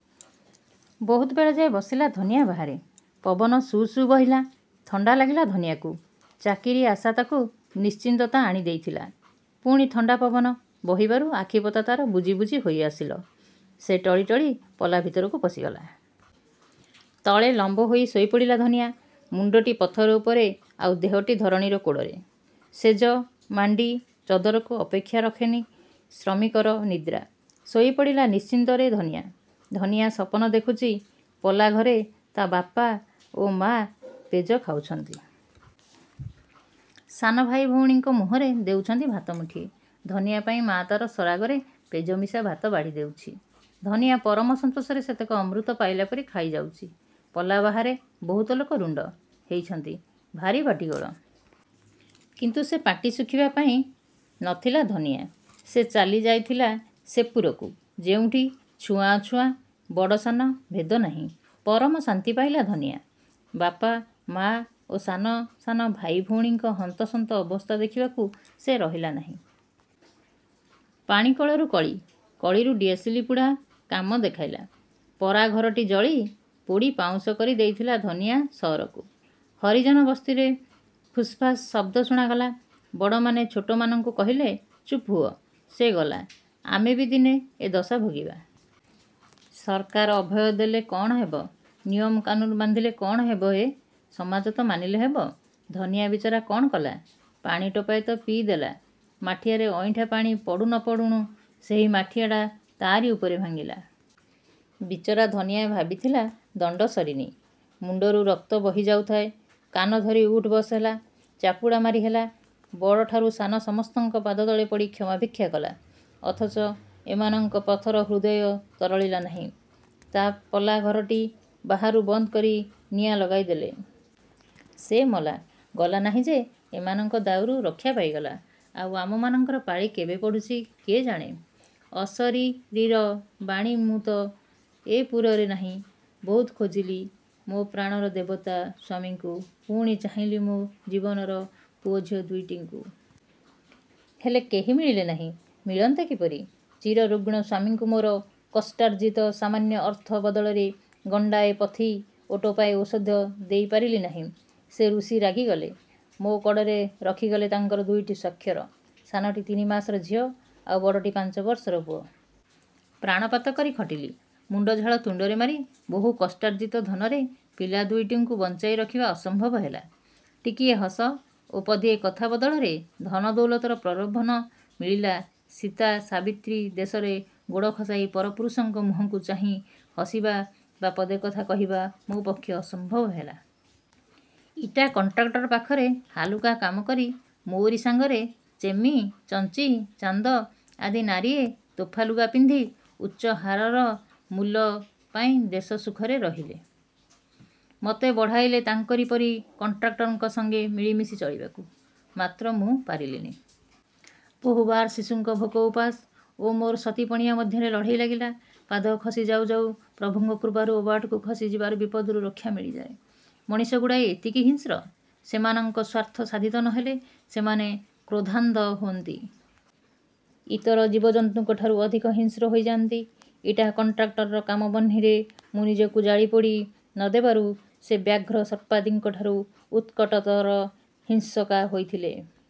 ବହୁତ ବେଳଯାଏ ବସିଲା ଧନିଆ ବାହାରେ। ପବନ ସୁସୁ ବହିଲା। ଥଣ୍ତା ଲାଗିଲା ଧନିଆକୁ। ଚାକିରୀ ଆଶା ତାକୁ ନିଶ୍ଚିନ୍ତତା ଆଣି ଦେଇଥିଲା। ପୁଣି ଥଣ୍ତା ପବନ ବହିବାରୁ ଆଖିପତା ତାର ବୁଜି ବୁଜି ହୋଇ ଆସିଲ। ସେ ଟଳି ଟଳି ପଲା ଭିତରକୁ ପଶିଗଲା। ତଳେ ଲମ୍ବ ହୋଇ ଶୋଇପଡ଼ିଲା ଧନିଆ। ମୁଣ୍ତଟି ପଥର ଉପରେ ଆଉ ଦେହଟି ଧରଣୀର କୋଡ଼ରେ। ଶେଯ, ମାଣ୍ତି, ଚଦରକୁ ଅପେକ୍ଷା ରଖେନି ଶ୍ରମିକର ନିଦ୍ରା। ଶୋଇପଡ଼ିଲା ନିଶ୍ଚିନ୍ତରେ ଧନିଆ। ଧନିଆ ସପନ ଦେଖୁଚି। ପଲା ଘରେ ତା ବାପ ଓ ମା ପେଜ ଖାଉଚନ୍ତି। ସାନ ଭାଇ ଭଉଣୀଙ୍କ ମୁହଁରେ ଦେଉଛନ୍ତି ଭାତ ମୁଠିଏ। ଧନିଆ ପାଇଁ ମା ତାର ସରାଗରେ ପେଜ ମିଶା ଭାତ ବାଢ଼ି ଦେଉଚି। ଧନିଆ ପରମ ସନ୍ତୋଷରେ ସେତକ ଅମୃତ ପାଇଲା ପରି ଖାଇଯାଉଚି। ପଲା ବାହାରେ ବହୁତ ଲୋକ ରୁଣ୍ତ, ହେଇଛନ୍ତି, ଭାରି ପାଟିଗୋଳ। କିନ୍ତୁ ସେ ପାଟି ଶୁଖିବା ପାଇଁ ନ ଥିଲା ଧନିଆ। ସେ ଚାଲି ଯାଇଥିଲା ସେ ପୁରକୁ ଯେଉଁଠି ଛୁଆଁ ଅଛୁଆଁ ବଡ଼ ସାନ ଭେଦ ନାହିଁ। ପରମ ଶାନ୍ତି ପାଇଲା ଧୁନିଆଁ। ବାପ, ମା ଓ। ସାନ ସାନ ଭାଇ ଭଉଣୀଙ୍କ ହନ୍ତସନ୍ତ ଅବସ୍ଥା ଦଖିବାକୁ ସେ ରହିଲା ନାହିଁ। ପାଣିକଳରୁ କଳି, କଳିରୁ ଡିଆସିଲି ପୁଡ଼ା କାମ ଦେଖାଇଲା। ପରା ଘରଟି ଜଳି, ପୋଡ଼ି ପାଉଁଶ କରି ଦେଇଥିଲା ଧନିଆ ସଅରକୁ। ହରିଜନ ବସ୍ତିରେ ଫୁସ୍ଫାସ୍ ଶବ୍ଦ ଶୁଣାଗଲା। ବଡ଼ମାନେ ଛୋଟମାନଙ୍କୁ କହିଲେ ଚୁପ୍ ହୁଅ। ସେ ଗଲା, ଆମେ ବି ଦିନେ ଏ ଦଶା ଭୋଗିବା। ସରକାର ଅଭୟ ଦେଲେ କଅଣ ହେବ, ନିୟମକାନୁନ ବାନ୍ଧିଲେ କ'ଣ ହେବ ହେ। ସମାଜ ତ ମାନିଲେ ହେବ! ଧନିଆ ବିଚାରା କ'ଣ କଲା? ପାଣି ଟୋପେ ତ ପିଇ ଦେଲା। ମାଠିଆରେ ଅଇଁଠା ପାଣି ପଡ଼ୁ ନ ପଡ଼ୁଣୁ ସେହି ମାଠିଆଟା ତାରି ଉପରେ ଭାଙ୍ଗିଲା। ବିଚରା ଧନିଆ ଭାବିଥିଲା ଦଣ୍ତ ସରିନି। ମୁଣ୍ତରୁ ରକ୍ତ ବହି ଯାଉଥାଏ। କାନ ଧରି ଉଠୁ ବସ ହେଲା। ଚାପଡ଼ା ମାରି ହେଲା। ବଡ଼ଠାରୁ ସାନ ସମସ୍ତଙ୍କ ପାଦ ତଳେ ପଡ଼ି କ୍ଷମା ଭିକ୍ଷା କଲା; ଅଥଚ ଏମାନଙ୍କ ପଥର ହୃଦୟ ତରଳିଲା ନାହିଁ। ତା ପଲା ଘରଟି ବାହାରୁ ବନ୍ଦ କରି ନିଆଁ ଲଗାଇ ଦେଲେ। ସେ ମଲା, ଗଲା ନାହିଁ ଯେ ଏମାନଙ୍କ ଦାଉରୁ ରକ୍ଷା ପାଇଗଲା। ଆଉ ଆମମାନଙ୍କର ପାଳି କେବେ ପଡ଼ୁଚି କିଏ ଜାଣେ? ଅଶରୀରୀର ବାଣୀ ମୁଁ ତ ଏ ପୁରରେ ନାହିଁ। ବହୁତ ଖୋଜିଲି, ମୋର ପ୍ରାଣରେ ଦେବତା—ସ୍ୱାମୀଙ୍କୁ। ପୁଣି ଚାହିଁଲି ମୋର ଜୀବନର ପୁଅଝିଅ ଦୁଇଟିଙ୍କୁ। ହେଲେ କେହି ମିଳିଲେ ନାହିଁ। ମିଳନ୍ତେ କିପରି? ଚିର ରୁଗ୍ଣ ସ୍ୱାମୀଙ୍କୁ ମୋର କଷ୍ଟାର୍ଜିତ ସାମାନ୍ୟ ଅର୍ଥ ବଦଳରେ ଗଣ୍ତାଏ ପଥି ଓ ଟୋପାଏ ଔଷଧ ଦେଇପାରିଲି ନାହିଁ। ସେ ରୁଷି ଚାଲିଗଲେ। ମୋ କଡ଼ରେ ରଖିଗଲେ ତାଙ୍କର ଦୁଇଟି ସ୍ୱାକ୍ଷର। ସାନଟି ତିନି ମାସର ଝିଅ ଆଉ ବଡ଼ଟି ପାଞ୍ଚ ବର୍ଷର ପୁଅ। ପ୍ରାଣପାତ କରି ଖଟିଲି। ମୁଣ୍ତଝାଳ ତୁଣ୍ତରେ ମାରି ବହୁ କଷ୍ଟାର୍ଜିତ ଧନରେ ପିଲା ଦୁଇଟିଙ୍କୁ ବଞ୍ଚାଇ ରଖିବା ଅସମ୍ଭବ ହେଲା। ଟିକିଏ ହସ ଓ ପଦିଏ କଥା ବଦଳରେ ଧନ ଦୌଲତର ପ୍ରଲୋଭନ ମିଳିଲା। ସୀତା, ସାବିତ୍ରୀ ଦେଶରେ ଗୋଡ଼ ଖସାଇ ପର ପୁରୁଷଙ୍କ ମୁହଁକୁ ଚାହିଁ ହସିବା ବା ପଦେ କଥା କହିବା ମୋ ପକ୍ଷେ ଅସମ୍ଭବ ହେଲା। ଇଟା କଣ୍ଟ୍ରାକ୍ଟର ପାଖରେ ହାଲୁକା କାମ କରି ମୋରି ସାଙ୍ଗରେ ଚେମି, ଚଞ୍ଚି, ଚାନ୍ଦ, ଆଦି ନାରୀଏ ତୋଫାଲୁଗା ପିନ୍ଧି ଉଚ୍ଚ ହାରର ମୂଲ ପାଇଁ ଦେଶ ସୁଖରେ ରହିଲେ। ମୋତେ ବଢ଼ାଇଲେ ତାଙ୍କରି ପରି କଣ୍ଟ୍ରାକ୍ଟରଙ୍କ ସଙ୍ଗେ ମିଳିମିଶି ଚଳିବାକୁ। ମାତ୍ର ମୁଁ ପାରିଲିନି। ବହୁବାର ଶିଶୁଙ୍କ ଭୋକ ଉପାସ ଓ ମୋର ସତୀ ପଣିଆ ମଧ୍ୟରେ ଲଢ଼େଇ ଲାଗିଲା। ପାଦ ଖସି ଯାଉ ଯାଉ ପ୍ରଭୁଙ୍କ କୃପାରୁ ଅବାଟକୁ ଖସିଯିବାର ବିପଦରୁ ରକ୍ଷା ମିଳିଯାଏ। ମଣିଷଗୁଡ଼ାକ ଏତିକି ହିଂସ୍ର! ସେମାନଙ୍କ ସ୍ୱାର୍ଥ ସାଧିତ ନ ହେଲେ ସେମାନେ କ୍ରୋଧାନ୍ଧ ହୁଅନ୍ତି। ଇତର ଜୀବଜନ୍ତୁଙ୍କ ଠାରୁ ଅଧିକ ହିଂସ୍ର ହୋଇଯାଆନ୍ତି। ଇଟା କଣ୍ଟ୍ରାକ୍ଟରର କାମବହ୍ନିରେ ମୁଁ ନିଜକୁ ଜାଳିପୋଡ଼ି ନ ଦେବାରୁ ସେ ବ୍ୟାଘ୍ର ସର୍ପାଦିଙ୍କଠାରୁ ଉତ୍କଟତର ହିଂସକା ହୋଇଥିଲେ।